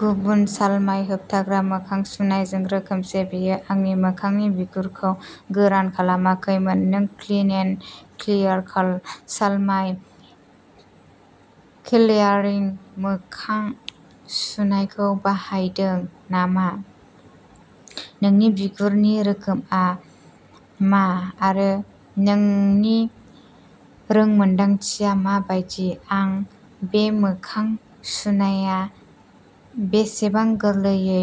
गुबुन सालमाय होबथाग्रा मोखां सुनायजों रोखोमसे, बेयो आंनि मोखांनि बिगुरखौ गोरान खालामाखैमोन। नों क्लिन एन्ड क्लियार सालमाय क्लियारिं मोखां सुनायखौ बाहायदों नामा? नोंनि बिगुरनि रोखोमआ मा आरो नोंनि रोंमोनदांथिया मा बायदि? आं बे मोखां सुनाया बेसेबां गोरलैयै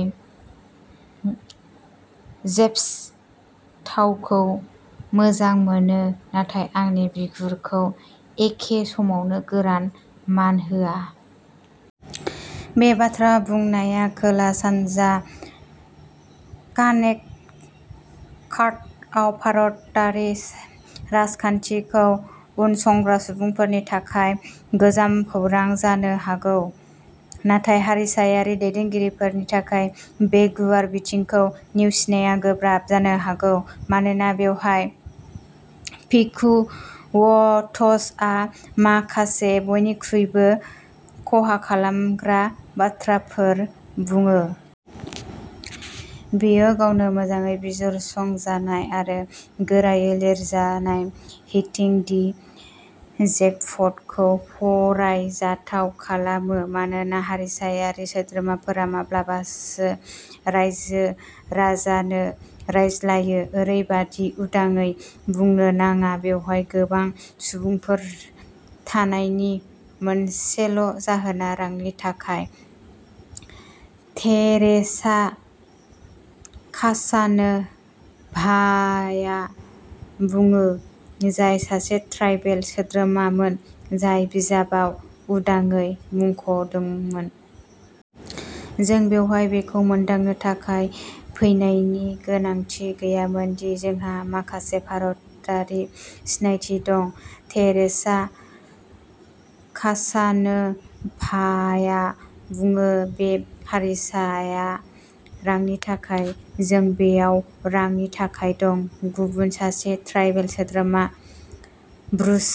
जेप्स थावखौ मोजां मोनो नाथाय आंनि बिगुरखौ एखे समावनो गोरान मोनहोआ? बे बाथ्रा बुंनाया खोला-सानजा कानेक्टिकाटआव भारतारि राजखान्थिखौ उनसंग्रा सुबुंफोरनि थाखाय गोजाम खौरां जानो हागौ। नाथाय हारिसायारि दैदेनगिरिफोरनि थाखाय बे गुवार बिथिंखौ नेवसिनाया गोब्राब जानो हागौ मानोना बेवहाय पिकुवट्सआ माखासे बयनिख्रुइबो खहा खालामग्रा बाथ्राफोर बुङो। बेयो गावनो मोजाङै बिजिरसंजानाय आरो गोरायै लिरजानाय "हिटिं दि जेकप'ट" खौ फरायजाथाव खालामो, मानोना हारिसायारि सोद्रोमाफोरा माब्लाबासो रायजो राजानो रायज्लायो, ओरैबादि उदाङै बुंनो नाङा। "बेवहाय गोबां सुबुंफोर थानायनि मोनसेल'जाहोना रांनि थाखाय। थेरेसा कासानोभाया बुङो, जाय सासे ट्राइबेल सोद्रोमामोन, जाय बिजाबाव उदाङै मुंख'दोंमोन। जों बेवहाय बेखौ मोनदांनो थाखाय फैनायनि गोनांथि गैयामोन दि जोंहा माखासे भारतारि सिनायथि दं ", थेरेसा कासानोभाया बुङो। " बे हारिसाया रांनि थाखाय। जों बेयाव रांनि थाखाय दं। "गुबुन सासे ट्राइबेल सोद्रोमा, ब्रुस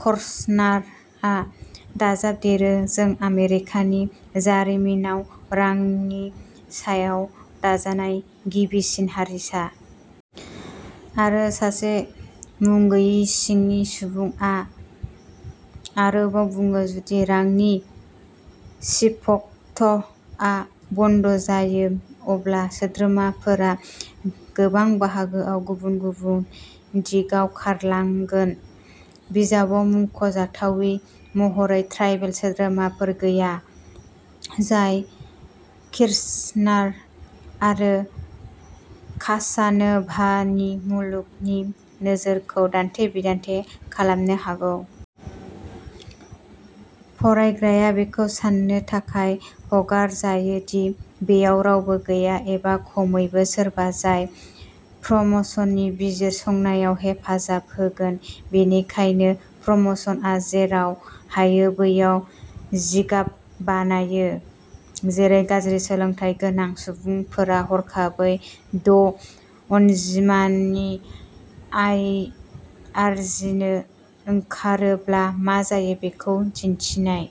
किर्चनारआ दाजाबदेरो," जों आमेरिकानि जारिमिनाव रांनि सायाव दाजानाय गिबिसिन हारिसा। "आरो सासे मुं गैयै सिंनि सुबुंआ आरोबाव बुङो," जुदि रांनि स्पिग'टआ बन्द जायो, अब्ला सोद्रोमाफोरा गोबां बाहागोआव गुबुन गुबुन दिगाव खारलांगोन। "बिजाबाव मुंख'जाथावै महरै ट्राइबेल सोद्रोमाफोर गैया, जाय किर्चनार आरो कासानोभानि मुलुगनि नोजोरखौ दान्थे-बिदान्थे खालामनो हागौ। फरायग्राया बेखौ सान्नो थाखाय हगारजायो दि बेयाव रावबो गैया, एबा खमैबो सोरबा जाय फ्रमसननि बिजिरसंनायाव हेफाजाब होगोन। बेनिखायनो फ्रमसनआ जेराव हायो बैयाव जिगाब बानायो, जेरै गाज्रि सोलोंथाय गोनां सुबुंफोरा हरखाबै द'अनजिमानि आय आर्जिनो ओंखारोब्ला मा जायो बेखौ दिन्थिनाय।